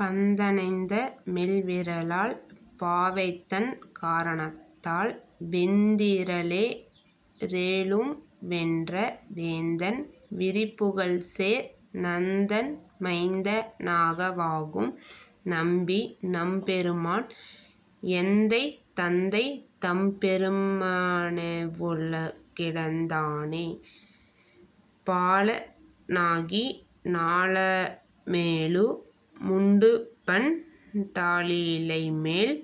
பந்த ணைந்த மெல்விரலாள் பாவைதன் காரணத்தால், வெந்தி றலே றேழும்வென்ற வேந்தன் விரிபுகழ்சேர், நந்தன் மைந்த னாகவாகும் நம்பி நம்பெருமான்,। எந்தை தந்தை தம்பெருமானெவ்வுள் கிடந்தானே.. பால நாகி ஞாலமேழு முண்டுபண் டாலிலைமேல்,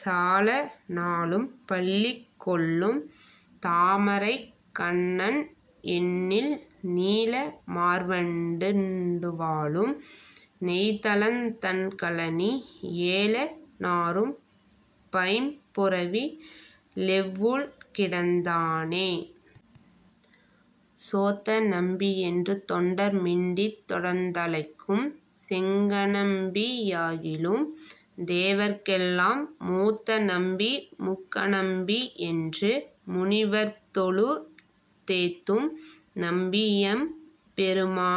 சால நாளும் பள்ளிகொள்ளும் தாமரைக் கண்ணன்எண்ணில், நீல மார்வண் டுண்டுவாழும் நெய்தலந் தண்கழனி, ஏல நாறும் பைம்புறவி லெவ்வுள் கிடந்தானே.. சோத்த நம்பி யென்றுதொண்டர் மிண்டித் தொடர்ந்தழைக்கும், செங்கணம்பி யாகிலும் தேவர்க்கெல்லாம், மூத்த நம்பி முக்கணம்பி யென்று முனிவர்த்தொழு- தேத்தும், நம்பி யெம்பெருமா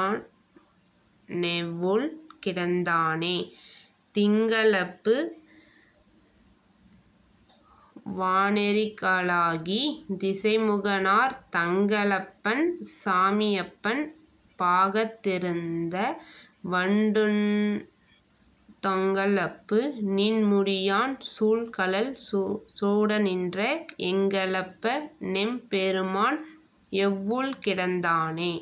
னெவ்வுள் கிடந்தானே.. திங்க ளப்பு வானெரிகாலாகி, திசைமுகனார் தங்க ளப்பன் சாமியப்பன் பாகத் திருந்த, வண்டுண் தொங்க லப்பு நீண்முடியான் சூழ் கழல் சூடநின்ற, எங்க ளப்ப னெம்பெருமான் எவ்வுள் கிடந்தானே..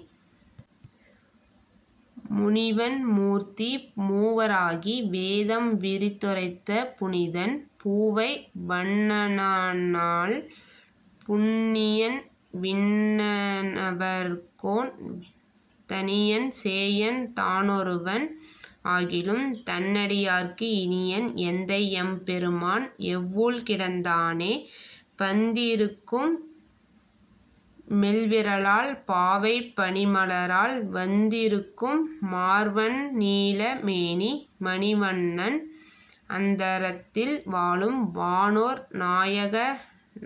முனிவன் மூர்த்தி மூவராகி வேதம் விரித்துரைத்த புனிதன், பூவை வண்ணனண்ணல் புண்ணியன் விண்ணவர்கோன், தனியன் சேயன் தானொருவன் ஆகிலும் தன்னடியார்க்கு இனியன், எந்தை யெம்பெருமான் எவ்வுள் கிடந்தானே.. பந்தி ருக்கும் மெல்விரலாள் பாவை பனிமலராள், வந்தி ருக்கும் மார்வன்நீல மேனி மணிவண்ணன், அந்த ரத்தில் வாழும் வானோர் நாயக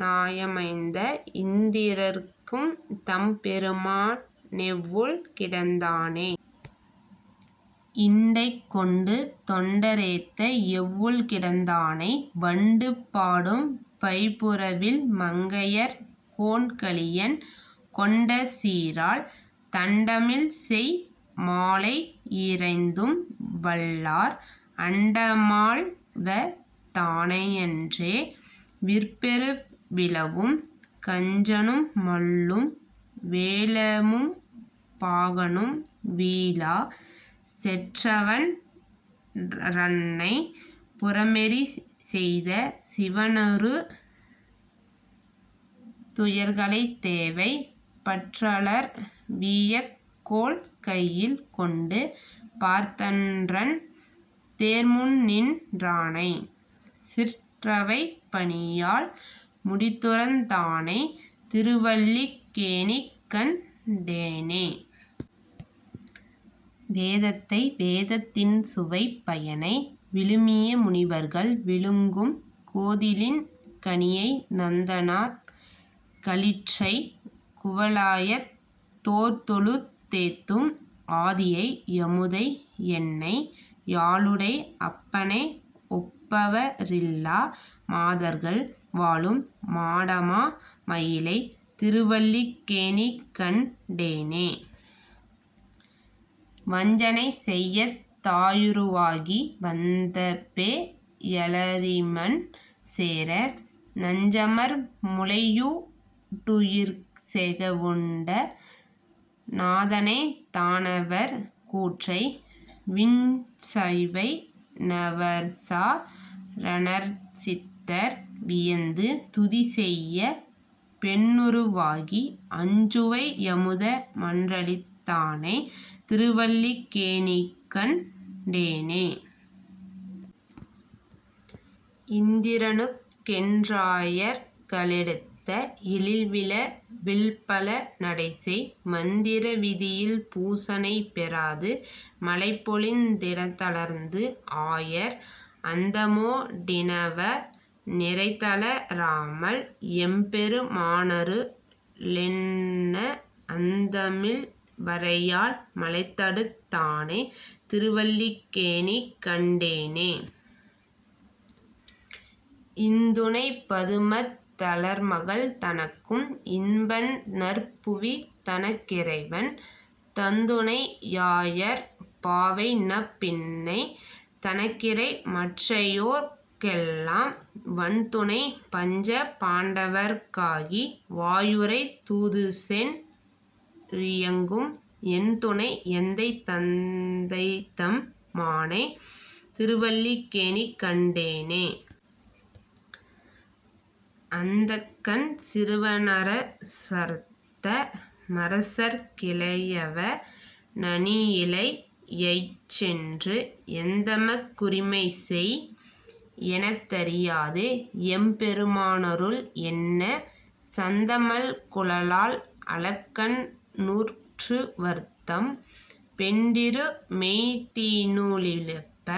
னாயமைந்த, இந்தி ரற்கும் தம்பெருமா னெவ்வுள் கிடந்தானே.. இண்டை கொண்டு தொண்டரேத்த எவ்வுள் கிடந்தானை, வண்டு பாடும் பைபுறவில் மங்கையர் கோன்கலியன், கொண்ட சீரால் தண்டமிழ்செய் மாலையீ ரைந்தும்வல்லார், அண்ட மாள்வ தாணையன்றே விற்பெரு விழவும் கஞ்சனும் மல்லும் வேழமும் பாகனும் வீழ, செற்றவன் றன்னை, புரமெரி செய்த சிவனுறு துயர்களை தேவை, பற்றலர் வீயக் கோல்கையில் கொண்டு பார்த்தன்றன் தேர்முன்நின் றானை, சிற்றவை பணியால் முடிதுறந் தானைத் திருவல்லிக் கேணிக்கண் டேனே.. வேதத்தை வேதத் தின்சுவைப் பயனை விழுமிய முனிவர்கள் விழுங்கும், கோதிலின் கனியை நந்தனார் களிற்றைக் குவலயத் தோர்தொழு தேத்தும், ஆதியை யமுதை யென்னை யாளுடை அப்பனை ஒப்பவ ரில்லா மாதர்கள் வாழும், மாடமா மயிலைத் திருவல்லிக் கேணிக்கண் டேனே.. வஞ்சனை செய்யத் தாயுரு வாகி வந்தபே யலறிமண் சேர, நஞ்சமர் முலையூ டுயிர்செக வுண்ட நாதனைத் தானவர் கூற்றை, விஞ்சைவா னவர்சா ரணர்சித்தர் வியந்து துதிசெய்யப் பெண்ணுரு வாகி, அஞ்சுவை யமுத மன்றளித் தானைத் திருவல்லிக் கேணிக்கண் டேனே.. இந்திர னுக்கென் றாயர்க ளெடுத்த எழில்விழ வில்பழ நடைசெய், மந்திர விதியில் பூசனை பெறாது மழைபொழிந் திடத்தளர்ந்து, ஆயர் அந்தமோ டினவா நிரைதள ராமல் எம்பெரு மானரு ளென்ன, அந்தமில் வரையால் மழைதடுத் தானைத் திருவல்லிக் கேணிக்கண் டேனே.. இந்துணைப் பதுமத் தலர்மகள் தனக்கும் இன்பன்நற் புவிதனக் கிறைவன், தந்துணை யாயர் பாவைநப் பின்னை தனக்கிறை மற்றையோர்க் கெல்லாம் வன்துணை, பஞ்ச பாண்டவர்க் காகி வாயுரை தூதுசென் றியங்கும் என்துணை, எந்தை தந்தைதம் மானைத் திருவல்லிக் கேணிக்கண் டேனே.. அந்தகன் சிறுவ னரசர்த்த மரசற் கிளையவ னணியிழை யைச்சென்று, எந்தமக் குரிமை செய் எனத் தரியாது எம்பெரு மானருள் என்ன, சந்தமல் குழலாள் அலக்கண்நூற் றுவர்த்தம் பெண்டிரு மெய்திநூ லிழப்ப,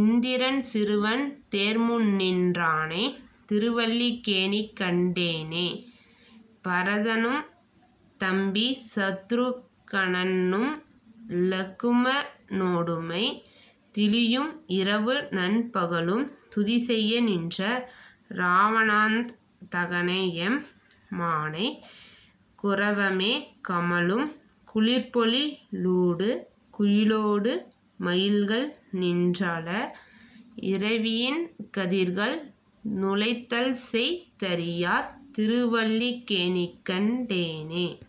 இந்திரன் சிறுவன் தேர்முன்நின் றானைத் திருவல்லிக் கேணிக்கண் டேனே.. பரதனும் தம்பி சத்துருக் கனன்னும் இலக்கும னோடுமை திலியும் இரவுநன் பகலும் துதிசெய்ய நின்ற இராவணாந் தகனையெம் மானை, குரவமே கமழும் குளிர்ப்பொழி லூடு குயிலொடு மயில்கள்நின் றால, இரவியின் கதிர்கள் நுழைதல்செய் தறியாத் திருவல்லிக் கேணிக்கண் டேனே..